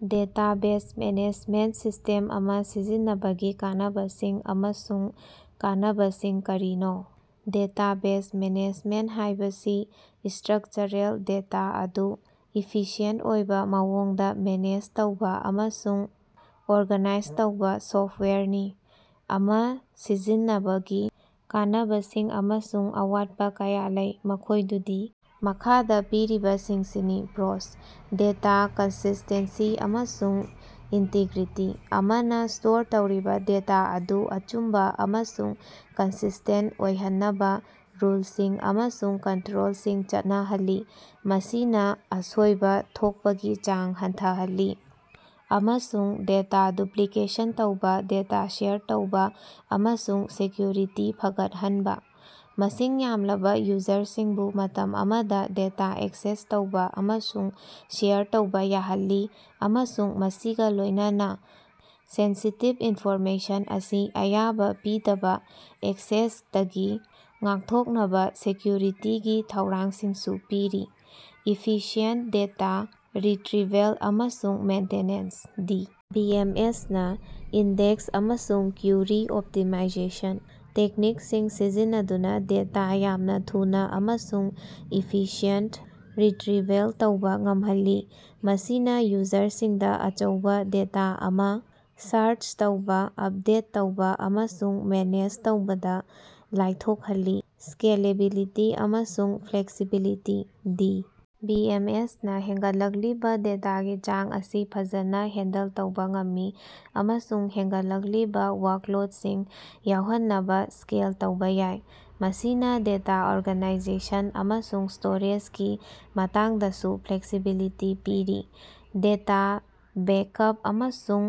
Database management system ꯑꯃꯥ ꯁꯤꯖꯤꯟꯅꯕꯒꯤ ꯀꯥꯟꯅꯕꯁꯤꯡ ꯑꯃꯁꯨꯡ ꯀꯥꯟꯅꯕꯁꯤꯡ ꯀꯔꯤꯅꯣ? ꯗꯦꯇꯥꯕꯦꯖ ꯃꯦꯅꯦꯖꯃꯦꯟꯇ ꯁꯤꯁ꯭ꯇꯦꯝ ꯍꯥꯏꯕꯁꯤ ꯏꯁ꯭ꯇꯔꯛꯆꯔꯦꯜ ꯗꯦꯇꯥ ꯑꯗꯨ ꯏꯐꯤꯁꯤꯑꯦꯟꯇ ꯑꯣꯏꯕꯥ ꯃꯑꯣꯡꯗꯥ ꯃꯦꯅꯦꯖ ꯇꯧꯕꯥ ꯑꯃꯁꯨꯡ ꯑꯣꯔꯒꯥꯅꯥꯏꯖ ꯇꯧꯕꯥ ꯁꯣꯐꯇꯋꯥꯌꯔꯅꯤ꯫ ꯑꯃꯥ ꯁꯤꯖꯤꯟꯅꯕꯒꯤ ꯀꯥꯟꯅꯕꯁꯤꯡ ꯑꯃꯁꯨꯡ ꯑꯋꯥꯠꯄꯥ ꯀꯌꯥ ꯂꯩ, ꯃꯈꯣꯏꯗꯨꯗꯤ ꯃꯈꯥꯗꯥ ꯄꯤꯔꯤꯕꯁꯤꯡꯁꯤꯅꯤ: ꯄ꯭ꯔꯣꯁ: ꯗꯦꯇꯥ ꯀꯟꯁꯤꯁ꯭ꯇꯦꯟꯁꯤ ꯑꯃꯁꯨꯡ ꯏꯟꯇꯤꯒ꯭ꯔꯤꯇꯤ: ꯑꯃꯅꯥ ꯁ꯭ꯇꯣꯔ ꯇꯧꯔꯤꯕꯥ ꯗꯦꯇꯥ ꯑꯗꯨ ꯑꯆꯨꯝꯕꯥ ꯑꯃꯁꯨꯡ ꯀꯟꯁꯤꯁ꯭ꯇꯦꯟꯇ ꯑꯣꯏꯍꯟꯅꯕꯥ ꯔꯨꯜꯁꯤꯡ ꯑꯃꯁꯨꯡ ꯀꯟꯇꯔꯣꯜꯁꯤꯡ ꯆꯠꯅꯍꯜꯂꯤ, ꯃꯁꯤꯅꯥ ꯑꯁꯣꯏꯕꯥ ꯊꯣꯛꯄꯒꯤ ꯆꯥꯡ ꯍꯟꯊꯍꯜꯂꯤ꯫ ꯑꯃꯁꯨꯡ ꯗꯦꯇꯥ ꯗꯨꯞꯂꯤꯀꯦꯁꯟ ꯇꯧꯕꯥ꯫ ꯗꯦꯇꯥ ꯁꯦꯌꯔ ꯇꯧꯕꯥ ꯑꯃꯁꯨꯡ ꯁꯦꯛꯀ꯭ꯌꯨꯔꯤꯇꯤ ꯐꯒꯠꯍꯟꯕꯥ: ꯃꯁꯤꯡ ꯌꯥꯝꯂꯕꯥ ꯌꯨꯖꯔꯁꯤꯡꯕꯨ ꯃꯇꯝ ꯑꯃꯗꯥ ꯗꯦꯇꯥ ꯑꯦꯛꯁꯦꯁ ꯇꯧꯕꯥ ꯑꯃꯁꯨꯡ ꯁꯦꯌꯔ ꯇꯧꯕꯥ ꯌꯥꯍꯜꯂꯤ ꯑꯃꯁꯨꯡ ꯃꯁꯤꯒꯥ ꯂꯣꯏꯅꯅꯥ ꯁꯦꯟꯁꯤꯇꯤꯕ ꯏꯟꯐꯣꯔꯃꯦꯁꯟ ꯑꯁꯤ ꯑꯌꯥꯕꯥ ꯄꯤꯗꯕꯥ ꯑꯦꯛꯁꯦꯁꯇꯒꯤ ꯉꯥꯛꯊꯣꯛꯅꯕꯥ ꯁꯦꯛꯀ꯭ꯌꯨꯔꯤꯇꯤꯒꯤ ꯊꯧꯔꯥꯡꯁꯤꯡꯁꯨ ꯄꯤꯔꯤ꯫ ꯏꯐꯤꯁꯤꯌꯦꯟꯇ ꯗꯦꯇꯥ ꯔꯤꯇꯔꯤꯚꯦꯜ ꯑꯃꯁꯨꯡ maintenance: D. B. M. S. ꯅꯥ ꯏꯟꯗꯦꯛꯁ ꯑꯃꯁꯨꯡ ꯀ꯭ꯌꯨꯔꯤ ꯑꯣꯞꯇꯤꯃꯥꯏꯖꯦꯁꯟ ꯇꯦꯛꯅꯤꯛꯁꯤꯡ ꯁꯤꯖꯤꯟꯅꯗꯨꯅꯥ ꯗꯦꯇꯥ ꯌꯥꯝꯅꯥ ꯊꯨꯅꯥ ꯑꯃꯁꯨꯡ ꯏꯐꯤꯁꯤꯌꯦꯟꯇ ꯔꯤꯇꯔꯤꯚꯦꯜ ꯇꯧꯕꯥ ꯉꯝꯍꯜꯂꯤ꯫ ꯃꯁꯤꯅꯥ ꯌꯨꯖꯔꯁꯤꯡꯗꯥ ꯑꯆꯧꯕꯥ ꯗꯦꯇꯥ ꯑꯃꯥ ꯁꯥꯔꯆ ꯇꯧꯕꯥ, ꯑꯄꯗꯦꯠ ꯇꯧꯕꯥ ꯑꯃꯁꯨꯡ ꯃꯦꯅꯦꯖ ꯇꯧꯕꯗꯥ ꯂꯥꯏꯊꯣꯛꯍꯜꯂꯤ꯫ ꯁ꯭ꯀꯦꯂꯦꯕꯤꯂꯤꯇꯤ ꯑꯃꯁꯨꯡ flexibility: D. B. M. S. ꯅꯥ ꯍꯦꯟꯒꯠꯂꯛꯂꯤꯕꯥ ꯗꯦꯇꯥꯒꯤ ꯆꯥꯡ ꯑꯁꯤ ꯐꯖꯅꯥ ꯍꯦꯟꯗꯜ ꯇꯧꯕꯥ ꯉꯝꯃꯤ ꯑꯃꯁꯨꯡ ꯍꯦꯟꯒꯠꯂꯛꯂꯤꯕꯥ ꯋꯥꯔꯛꯂꯣꯠꯁꯤꯡ ꯑꯁꯤ ꯌꯥꯎꯍꯟꯅꯕꯥ ꯁ꯭ꯀꯦꯜ ꯇꯧꯕꯥ ꯌꯥꯏ꯫ ꯃꯁꯤꯅꯥ ꯗꯦꯇꯥ ꯑꯣꯔꯒꯅꯥꯏꯖꯦꯁꯟ ꯑꯃꯁꯨꯡ ꯁ꯭ꯇꯣꯔꯦꯖꯒꯤ ꯃꯇꯥꯡꯗꯁꯨ ꯐ꯭ꯂꯦꯛꯁꯤꯕꯤꯂꯤꯇꯤ ꯄꯤꯔꯤ꯫ ꯗꯦꯇꯥ ꯕꯦꯀꯑꯞ ꯑꯃꯁꯨꯡ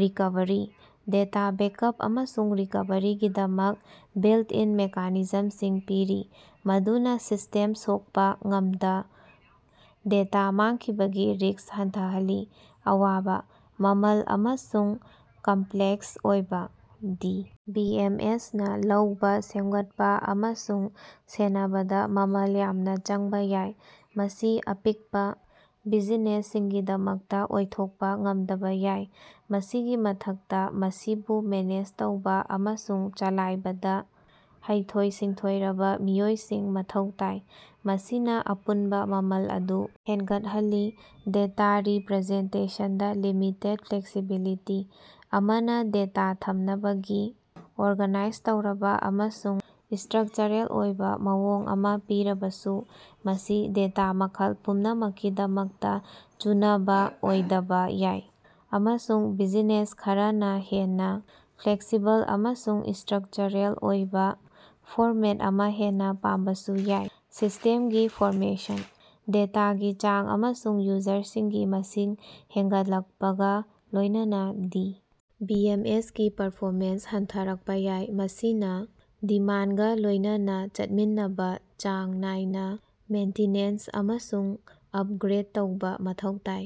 ꯔꯤꯀꯣꯚꯔꯤ: ꯗꯦꯇꯥ ꯕꯦꯀꯑꯞ ꯑꯃꯁꯨꯡ ꯔꯤꯀꯣꯚꯔꯤꯒꯤꯗꯃꯛ ꯕꯤꯜꯇ-ꯏꯟ ꯃꯦꯀꯥꯅꯤꯖꯝꯁꯤꯡ ꯄꯤꯔꯤ, ꯃꯗꯨꯅꯥ ꯁꯤꯁ꯭ꯇꯦꯝ ꯁꯣꯀꯄꯥ ꯃꯇꯝꯗꯥ ꯗꯦꯇꯥ ꯃꯥꯡꯈꯤꯕꯒꯤ ꯔꯤꯁ꯭ꯛ ꯍꯟꯊꯍꯜꯂꯤ꯫ ꯑꯋꯥꯕꯥ: ꯃꯃꯜ ꯑꯃꯁꯨꯡ ꯀꯝꯞꯂꯦꯛꯁ ꯑꯣꯏꯕꯥ: ꯗꯤ. ꯕꯤ. ꯑꯦꯝ. ꯑꯦꯁ. ꯅꯥ ꯂꯧꯕꯥ, ꯁꯦꯃꯒꯠꯄꯥ ꯑꯃꯁꯨꯡ ꯁꯦꯟꯅꯕꯗꯥ ꯃꯃꯜ ꯌꯥꯝꯅꯥ ꯆꯪꯕꯥ ꯌꯥꯏ, ꯃꯁꯤ ꯑꯄꯤꯛꯄꯥ ꯕꯤꯖꯤꯅꯦꯁꯁꯤꯡꯒꯤꯗꯃꯛꯇꯥ ꯑꯣꯏꯊꯣꯛꯄꯥ ꯉꯝꯗꯕꯥ ꯌꯥꯏ꯫ ꯃꯁꯤꯒꯤ ꯃꯊꯛꯇꯥ, ꯃꯁꯤꯕꯨ ꯃꯦꯅꯦꯖ ꯇꯧꯕꯥ ꯑꯃꯁꯨꯡ ꯆꯂꯥꯏꯕꯗꯥ ꯍꯩꯊꯣꯏ-ꯁꯤꯡꯊꯣꯏꯔꯕꯥ ꯃꯤꯑꯣꯏꯁꯤꯡ ꯃꯊꯧ ꯇꯥꯏ, ꯃꯁꯤꯅꯥ ꯑꯄꯨꯟꯕꯥ ꯃꯃꯜ ꯑꯗꯨ ꯍꯦꯟꯒꯠꯍꯜꯂꯤ꯫ ꯗꯦꯇꯥ ꯔꯤꯞꯔꯖꯦꯟꯇꯦꯁꯟꯗꯥ ꯂꯤꯃꯤꯇꯦꯗ ꯐ꯭ꯂꯦꯛꯁꯤꯕꯤꯂꯤꯇꯤ: ꯑꯃꯅꯥ ꯗꯦꯇꯥ ꯊꯝꯅꯕꯒꯤ ꯑꯣꯔꯒꯥꯅꯥꯏꯖ ꯇꯧꯔꯕꯥ ꯑꯃꯁꯨꯡ ꯏꯁ꯭ꯇꯔꯛꯆꯔꯦꯜ ꯑꯣꯏꯕꯥ ꯃꯑꯣꯡ ꯑꯃꯥ ꯄꯤꯔꯕꯁꯨ, ꯃꯁꯤ ꯗꯦꯇꯥ ꯃꯈꯜ ꯄꯨꯝꯅꯃꯛꯀꯤꯗꯃꯛꯇꯥ ꯆꯨꯅꯕꯥ ꯑꯣꯏꯗꯕꯥ ꯌꯥꯏ, ꯑꯃꯁꯨꯡ ꯕꯤꯖꯤꯅꯦꯁ ꯈꯔꯅꯥ ꯍꯦꯟꯅꯥ ꯐ꯭ꯂꯦꯛꯁꯤꯕꯜ ꯑꯃꯁꯨꯡ ꯏꯁ꯭ꯇꯔꯛꯆꯔ ꯑꯣꯏꯕꯥ ꯐꯣꯔꯃꯦꯠ ꯑꯃꯥ ꯍꯦꯟꯅꯥ ꯄꯥꯝꯂꯕꯁꯨ ꯌꯥꯏ꯫ ꯁꯤꯁ꯭ꯇꯦꯝꯒꯤ ꯄꯔꯐꯣꯃꯦꯟꯁ: ꯗꯦꯇꯥꯒꯤ ꯆꯥꯡ ꯑꯃꯁꯨꯡ ꯌꯨꯖꯔꯁꯤꯡꯒꯤ ꯃꯁꯤꯡ ꯍꯦꯟꯒꯠꯂꯛꯄꯒꯥ ꯂꯣꯏꯅꯅꯥ ꯗꯤ. B M. ꯑꯦꯁ. ꯀꯤ ꯄꯔꯐꯣꯃꯦꯟꯁ ꯍꯟꯊꯔꯛꯄꯥ ꯌꯥꯏ, ꯃꯁꯤꯅꯥ ꯗꯤꯃꯥꯟꯗꯒꯥ ꯂꯣꯏꯅꯅꯥ ꯆꯠꯃꯤꯟꯅꯕꯥ ꯆꯥꯡ ꯅꯥꯏꯅꯥ ꯃꯦꯟꯇꯤꯅꯦꯟꯁ ꯑꯃꯁꯨꯡ ꯑꯄꯒ꯭ꯔꯦꯗ ꯇꯧꯕꯥ ꯃꯊꯧ ꯇꯥꯏ꯫